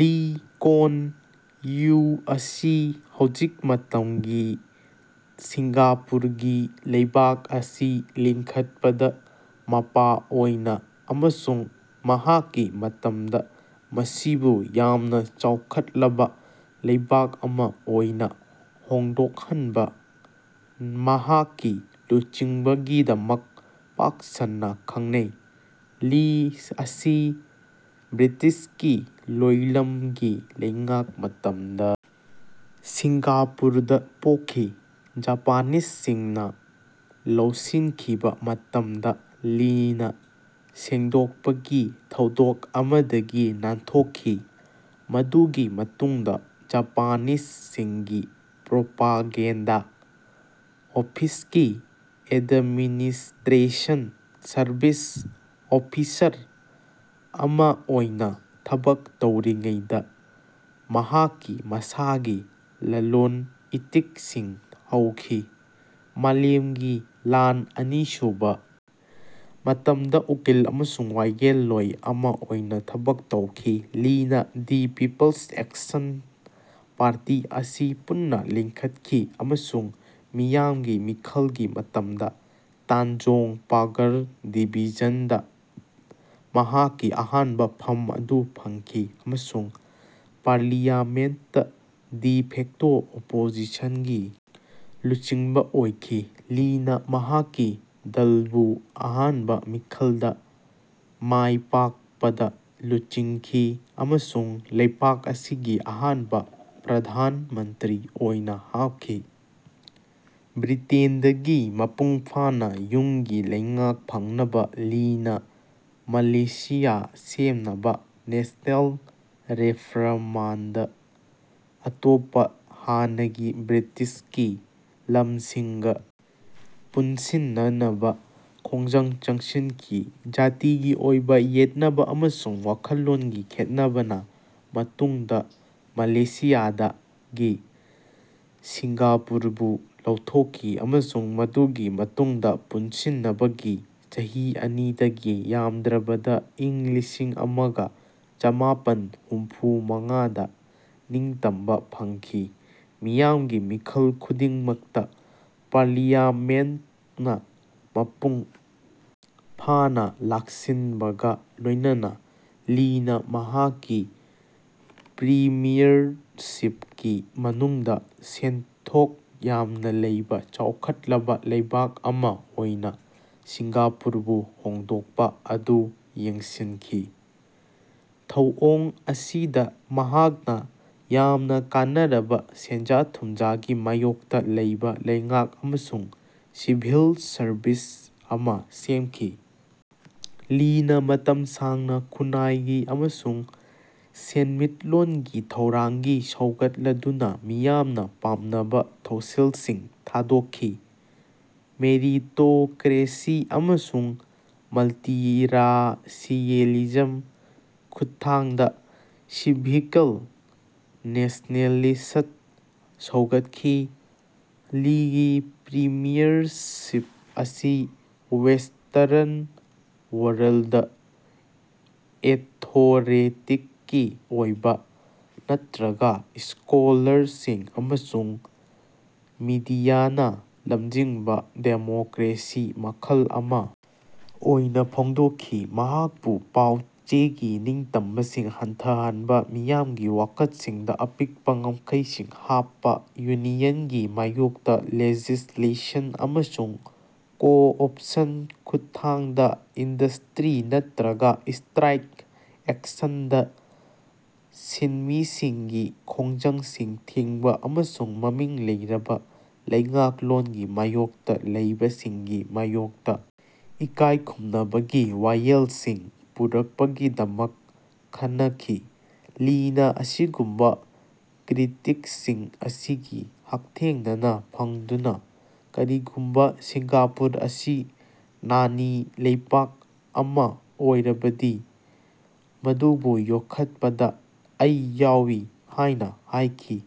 ꯂꯤ ꯀꯣꯟ ꯌ꯭ꯌꯨ ꯑꯁꯤ ꯍꯧꯖꯤꯛ ꯃꯇꯝꯒꯤ ꯁꯤꯡꯒꯥꯄꯨꯔꯒꯤ ꯂꯩꯕꯥꯛ ꯑꯁꯤ ꯂꯤꯡꯈꯠꯄꯗ ꯃꯄꯥ ꯑꯣꯏꯅ ꯑꯃꯁꯨꯡ ꯃꯍꯥꯛꯀꯤ ꯃꯇꯝꯗ ꯃꯁꯤꯕꯨ ꯌꯥꯝꯅ ꯆꯥꯎꯈꯠꯂꯕ ꯂꯩꯕꯥꯛ ꯑꯃ ꯑꯣꯏꯅ ꯍꯣꯡꯗꯣꯛꯍꯟꯕ ꯃꯍꯥꯛꯀꯤ ꯂꯨꯆꯤꯡꯕꯒꯤꯗꯃꯛ ꯄꯥꯛ ꯁꯟꯅ ꯈꯪꯅꯩ꯫ ꯂꯤ ꯑꯁꯤ ꯕ꯭ꯔꯤꯇꯤꯁꯀꯤ ꯂꯣꯏꯂꯝꯒꯤ ꯂꯩꯉꯥꯛ ꯃꯇꯝꯗ ꯁꯤꯡꯒꯥꯄꯨꯔꯗ ꯄꯣꯛꯈꯤ꯫ ꯖꯥꯄꯥꯅꯤꯁ ꯁꯤꯡꯅ ꯂꯧꯁꯤꯟꯈꯤꯕ ꯃꯇꯝꯗ ꯂꯤꯅ ꯁꯦꯡꯗꯣꯛꯄꯒꯤ ꯊꯧꯗꯣꯛ ꯑꯃꯗꯒꯤ ꯅꯥꯟꯊꯣꯛꯈꯤ꯫ ꯃꯗꯨꯒꯤ ꯃꯇꯨꯡꯗ ꯖꯥꯄꯥꯅꯤꯁ ꯁꯤꯡꯒꯤ ꯄ꯭ꯔꯣꯄꯥꯒꯦꯟꯗ ꯑꯣꯐꯤꯁꯀꯤ ꯑꯦꯗꯃꯤꯅꯤꯁꯇ꯭ꯔꯦꯁꯟ ꯁꯔꯕꯤꯁ ꯑꯣꯐꯤꯁꯔ ꯑꯃ ꯑꯣꯏꯅ ꯊꯕꯛ ꯇꯧꯔꯤꯉꯩꯗ ꯃꯍꯥꯛꯀꯤ ꯃꯁꯥꯒꯤ ꯂꯂꯣꯟ ꯏꯇꯤꯛꯁꯤꯡ ꯍꯧꯈꯤ꯫ ꯃꯥꯂꯦꯝꯒꯤ ꯂꯥꯟ ꯑꯅꯤ ꯁꯨꯕ ꯃꯇꯝꯗ ꯎꯀꯤꯜ ꯑꯃꯁꯨꯡ ꯋꯥꯌꯦꯜꯂꯣꯏ ꯑꯃ ꯑꯣꯏꯅ ꯊꯕꯛ ꯇꯧꯈꯤ꯫ ꯂꯤꯅ ꯗꯤ ꯄꯤꯄꯜꯁ ꯑꯦꯛꯁꯟ ꯄꯥꯔꯇꯤ ꯑꯁꯤ ꯄꯨꯟꯅ ꯂꯤꯡꯈꯠꯈꯤ ꯑꯃꯁꯨꯡ ꯃꯤꯌꯥꯝꯒꯤ ꯃꯤꯈꯜꯒꯤ ꯃꯇꯝꯗ ꯇꯥꯟꯖꯣꯡ ꯄꯥꯒꯔ ꯗꯤꯕꯤꯖꯟꯗ ꯃꯍꯥꯛꯀꯤ ꯑꯍꯥꯟꯕ ꯐꯝ ꯑꯗꯨ ꯐꯪꯈꯤ ꯑꯃꯁꯨꯡ ꯄꯥꯔꯂꯤꯌꯥꯃꯦꯟꯠꯇ ꯗꯤ ꯐꯦꯛꯇꯣ ꯑꯣꯄꯣꯖꯤꯁꯟꯒꯤ ꯂꯨꯆꯤꯡꯕ ꯑꯣꯏꯈꯤ꯫ ꯂꯤꯅ ꯃꯍꯥꯛꯀꯤ ꯗꯜꯕꯨ ꯑꯍꯥꯟꯕ ꯃꯤꯈꯜꯗ ꯃꯥꯏ ꯄꯥꯛꯄꯗ ꯂꯨꯆꯤꯡꯈꯤ ꯑꯃꯁꯨꯡ ꯂꯩꯄꯥꯛ ꯑꯁꯤꯒꯤ ꯑꯍꯥꯟꯕ ꯄ꯭ꯔ꯭ꯙꯥꯟ ꯃꯟꯇ꯭ꯔꯤ ꯑꯣꯏꯅ ꯍꯥꯞꯈꯤ꯫ ꯕ꯭ꯔꯤꯇꯦꯟꯗꯒꯤ ꯃꯄꯨꯡ ꯐꯥꯅ ꯌꯨꯝꯒꯤ ꯂꯩꯉꯥꯛ ꯐꯪꯅꯕ ꯂꯤꯅ ꯃꯂꯦꯁꯤꯌꯥ ꯁꯦꯝꯅꯕ ꯅꯦꯁꯅꯦꯜ ꯔꯦꯐ꯭ꯔꯃꯥꯟꯗ ꯑꯇꯣꯞꯄ ꯍꯥꯟꯅꯒꯤ ꯕ꯭ꯔꯤꯇꯤꯁꯀꯤ ꯂꯝꯁꯤꯡꯒ ꯄꯨꯟꯁꯤꯟꯅꯅꯕ ꯈꯣꯡꯖꯪ ꯆꯪꯁꯤꯟꯈꯤ꯫ ꯖꯥꯇꯤꯒꯤ ꯑꯣꯏꯕ ꯌꯦꯠꯅꯕ ꯑꯃꯁꯨꯡ ꯋꯥꯈꯜꯂꯣꯟꯒꯤ ꯈꯦꯠꯅꯕꯅ ꯃꯇꯨꯡꯗ ꯃꯂꯦꯁꯤꯌꯥꯗꯒꯤ ꯁꯤꯡꯒꯥꯄꯨꯔꯕꯨ ꯂꯧꯊꯣꯛꯈꯤ ꯑꯃꯁꯨꯡ ꯃꯗꯨꯒꯤ ꯃꯇꯨꯡꯗ ꯄꯨꯟꯁꯤꯟꯅꯕꯒꯤ ꯆꯍꯤ ꯑꯅꯤꯗꯒꯤ ꯌꯥꯝꯗ꯭ꯔꯕꯗ ꯏꯪ ꯂꯤꯁꯤꯡ ꯑꯃꯒ ꯆꯃꯥꯄꯟ ꯍꯨꯝꯐꯨ ꯃꯉꯥꯗ ꯅꯤꯡꯇꯝꯕ ꯐꯪꯈꯤ꯫ ꯃꯤꯌꯥꯝꯒꯤ ꯃꯤꯈꯜ ꯈꯨꯗꯤꯡꯃꯛꯇ ꯄꯥꯔꯂꯤꯌꯥꯃꯦꯟꯠꯅ ꯃꯄꯨꯡ ꯐꯥꯅ ꯂꯥꯛꯁꯤꯟꯕꯒ ꯂꯣꯏꯅꯅ, ꯂꯤꯅ ꯃꯍꯥꯛꯀꯤ ꯄ꯭ꯔꯤꯃ꯭ꯌꯔꯁꯤꯞꯀꯤ ꯃꯅꯨꯡꯗ ꯁꯦꯟꯊꯣꯛ ꯌꯥꯝꯅ ꯂꯩꯕ ꯆꯥꯎꯈꯠꯂꯕ ꯂꯩꯕꯥꯛ ꯑꯃ ꯑꯣꯏꯅ ꯁꯤꯡꯒꯥꯄꯨꯔꯕꯨ ꯍꯣꯡꯗꯣꯛꯄ ꯑꯗꯨ ꯌꯦꯡꯁꯤꯟꯈꯤ꯫ ꯊꯧꯑꯣꯡ ꯑꯁꯤꯗ ꯃꯍꯥꯛꯅ ꯌꯥꯝꯅ ꯀꯥꯟꯅꯔꯕ ꯁꯦꯟꯖꯥ ꯊꯨꯝꯖꯥꯒꯤ ꯃꯥꯌꯣꯛꯇ ꯂꯩꯕ ꯂꯩꯉꯥꯛ ꯑꯃꯁꯨꯡ ꯁꯤꯚꯤꯜ ꯁꯔꯕꯤꯁ ꯑꯃ ꯁꯦꯝꯈꯤ꯫ ꯂꯤꯅ ꯃꯇꯝ ꯁꯥꯡꯅ ꯈꯨꯅꯥꯏꯒꯤ ꯑꯃꯁꯨꯡ ꯁꯦꯟꯃꯤꯠꯂꯣꯟꯒꯤ ꯊꯧꯔꯥꯡꯒꯤ ꯁꯧꯒꯠꯂꯗꯨꯅ ꯃꯤꯌꯥꯝꯅ ꯄꯥꯝꯅꯕ ꯊꯧꯁꯤꯜꯁꯤꯡ ꯊꯥꯗꯣꯛꯈꯤ꯫ꯃꯦꯔꯤꯇꯣꯀ꯭ꯔꯦꯁꯤ ꯑꯃꯁꯨꯡ ꯃꯜꯇꯤꯔꯥꯁꯤꯌꯦꯂꯤꯖꯝ ꯈꯨꯠꯊꯥꯡꯗ ꯁꯤꯚꯤꯀꯜ ꯅꯦꯁꯅꯦꯂꯤꯁꯠ ꯁꯧꯒꯠꯈꯤ꯫ ꯂꯤꯒꯤ ꯄ꯭ꯔꯤꯃ꯭ꯌꯔꯁꯤꯞ ꯑꯁꯤ ꯋꯦꯁꯇꯔꯟ ꯋꯔꯜꯗ ꯑꯦꯊꯣꯔꯦꯇꯤꯛꯀꯤ ꯑꯣꯏꯕ ꯅꯠꯇ꯭ꯔꯒ ꯁ꯭ꯀꯣꯂꯔꯁꯤꯡ ꯑꯃꯁꯨꯡ ꯃꯤꯗꯤꯌꯥꯅ ꯂꯝꯖꯤꯡꯕ ꯗꯦꯃꯣꯀ꯭ꯔꯦꯁꯤ ꯃꯈꯜ ꯑꯃ ꯑꯣꯏꯅ ꯐꯣꯡꯗꯣꯛꯈꯤ꯫ ꯃꯍꯥꯛꯄꯨ ꯄꯥꯎ ꯆꯦꯒꯤ ꯅꯤꯡꯇꯝꯕꯁꯤꯡ ꯍꯟꯊꯍꯟꯕ ꯃꯤꯌꯥꯝꯒꯤ ꯋꯥꯀꯠꯁꯤꯡꯗ ꯑꯄꯤꯛꯄ ꯉꯝꯈꯩꯁꯤꯡ ꯍꯥꯞꯄ ꯌꯨꯅꯤꯌꯟꯒꯤ ꯃꯥꯌꯣꯛꯇ ꯂꯦꯖꯤꯁꯂꯦꯁꯟ ꯑꯃꯁꯨꯡ ꯀꯣ ꯑꯣꯞꯁꯟ ꯈꯨꯠꯊꯥꯡꯗ ꯏꯟꯗꯁꯇ꯭ꯔꯤ ꯅꯠꯇ꯭ꯔꯒ ꯁ꯭ꯇ꯭ꯔꯥꯏꯛ ꯑꯦꯛꯁꯟꯗ ꯁꯤꯟꯃꯤꯁꯤꯡꯒꯤ ꯈꯣꯡꯖꯪꯁꯤꯡ ꯊꯤꯡꯕ ꯑꯃꯁꯨꯡ ꯃꯃꯤꯡ ꯂꯩꯔꯕ ꯂꯩꯉꯥꯛꯂꯣꯟꯒꯤ ꯃꯥꯌꯣꯛꯇ ꯂꯩꯕꯁꯤꯡꯒꯤ ꯃꯥꯌꯣꯛꯇ ꯏꯀꯥꯏꯈꯨꯝꯅꯕꯒꯤ ꯋꯥꯌꯦꯜꯁꯤꯡ ꯄꯨꯔꯛꯄꯒꯤꯗꯃꯛ ꯈꯟꯅꯈꯤ꯫ ꯂꯤꯅ ꯑꯁꯤꯒꯨꯝꯕ ꯀ꯭ꯔꯤꯇꯤꯛꯁꯤꯡ ꯑꯁꯤꯒꯤ ꯍꯛꯊꯦꯡꯅꯅ ꯐꯪꯗꯨꯅ "ꯀꯔꯤꯒꯨꯝꯕ ꯁꯤꯡꯒꯥꯄꯨꯔ ꯑꯁꯤ ꯅꯥꯅꯤ ꯂꯩꯄꯥꯛ ꯑꯃ ꯑꯣꯏꯔꯕꯗꯤ, ꯃꯗꯨꯕꯨ ꯌꯣꯛꯈꯠꯄꯗ ꯑꯩ ꯌꯥꯎꯏ" ꯍꯥꯏꯅ ꯍꯥꯏꯈꯤ꯫